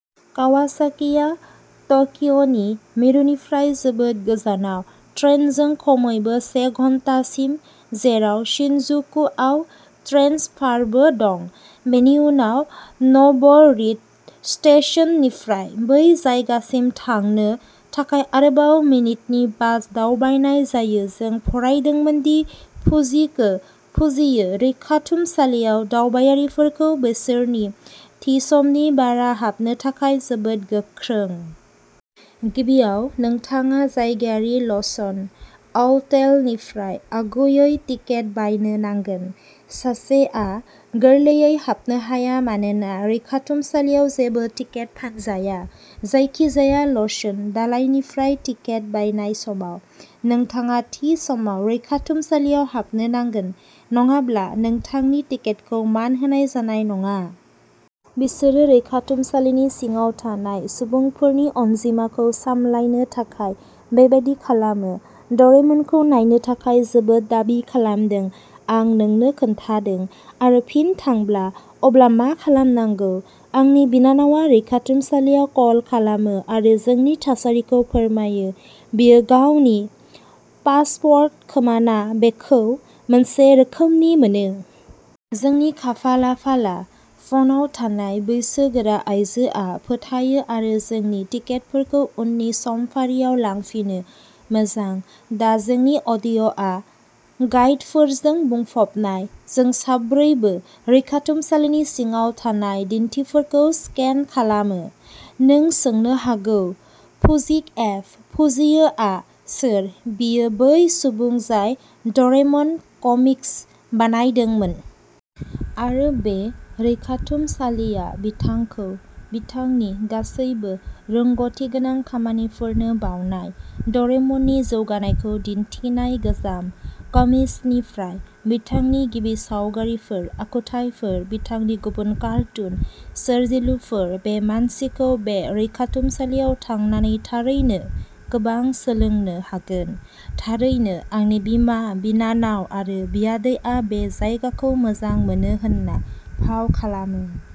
कावासाकिआ टकिय'नि मिरुनिफ्राय जोबोद गोजानाव, ट्रेनजों खमैबो से घन्टासिम, जेराव शिनजुकुआव ट्रेन्सफारबो दं। बेनि उनाव नब'रिट'स्टेशननिफ्राय, बे जायगासिम थांनो थाखाय आरोबाव मिनिटनि बास दावबायनाय जायो। जों फरायदोंमोन दि फुजिको फुजियो रैखाथुमसालिया दावबायारिफोरखौ बिसोरनि थि समनि बारा हाबनो थाखाय जोबोद गोख्रों। गिबियाव, नोंथाङा जायगायारि ल'सन आउटलेटनिफ्राय आगुयै टिकेट बायनो नांगोन। सासेआ गोरलैयै हाबनो हाया मानोना रैखाथुमसालियाव जेबो टिकेट फानजाया। जायखिजाया ल'सन दालायनिफ्राय टिकेट बायनाय समाव, नोंथाङा थि समाव रैखाथुमसालियाव हाबनो नांगोन नङाब्ला नोंथांनि टिकेटखौ मान होनाय जानाय नङा। बिसोरो रैखाथुमसालिनि सिङाव थानाय सुबुंफोरनि अनजिमाखौ सामलायनो थाखाय बेबादि खालामो। ड'रेमनखौ नायनो थाखाय जोबोद दाबि खालामदों आं नोंनो खोन्थादों! आरो फिन थांब्ला, अब्ला मा खालामनांगौ? आंनि बिनानावआ रैखाथुमसालियाव कल खालामो आरो जोंनि थासारिखौ फोरमायो, बियो गावनि पासपोर्ट खोमाना बेखौ मोनसे रोखोमनि मोनो। जोंनि खाफालाफाला फ'नाव थानाय बैसोगोरा आइजोआ फोथायो आरो जोंनि टिकेटफोरखौ उननि समफारियाव लांफिनो। मोजां! दा जोंनि अडिअ'गाइडफोरजों बुंफबनाय, जों साब्रैबो रैखाथुमसालिनि सिङाव थानाय दिन्थिफोरखौ स्केन खालामो। नों सोंनो हागौ फुजिक'एफ. फुजियोआ सोर। बियो बै सुबुं जाय ड'रेमन कमिक्स बानायदोंमोन! आरो बे रैखाथुमसालिया बिथांखौ, बिथांनि गासैबो रोंग'थिगोनां खामानिफोरनो बावनाय। ड'रेमननि जौगानायखौ दिन्थिनाय गोजाम कमिक्सनिफ्राय, बिथांनि गिबि सावगारिफोर, आखुथायफोर, बिथांनि गुबुन कार्टुन सोरजिलुफोर, बे मानसिखौ बे रैखाथुमसालियाव थांनानै थारैनो गोबां सोलोंनो हागोन। थारैनो, आंनि बिमा, बिनानाव आरो बियादैआ बे जायगाखौ मोजां मोनो होनना फाव खालामो।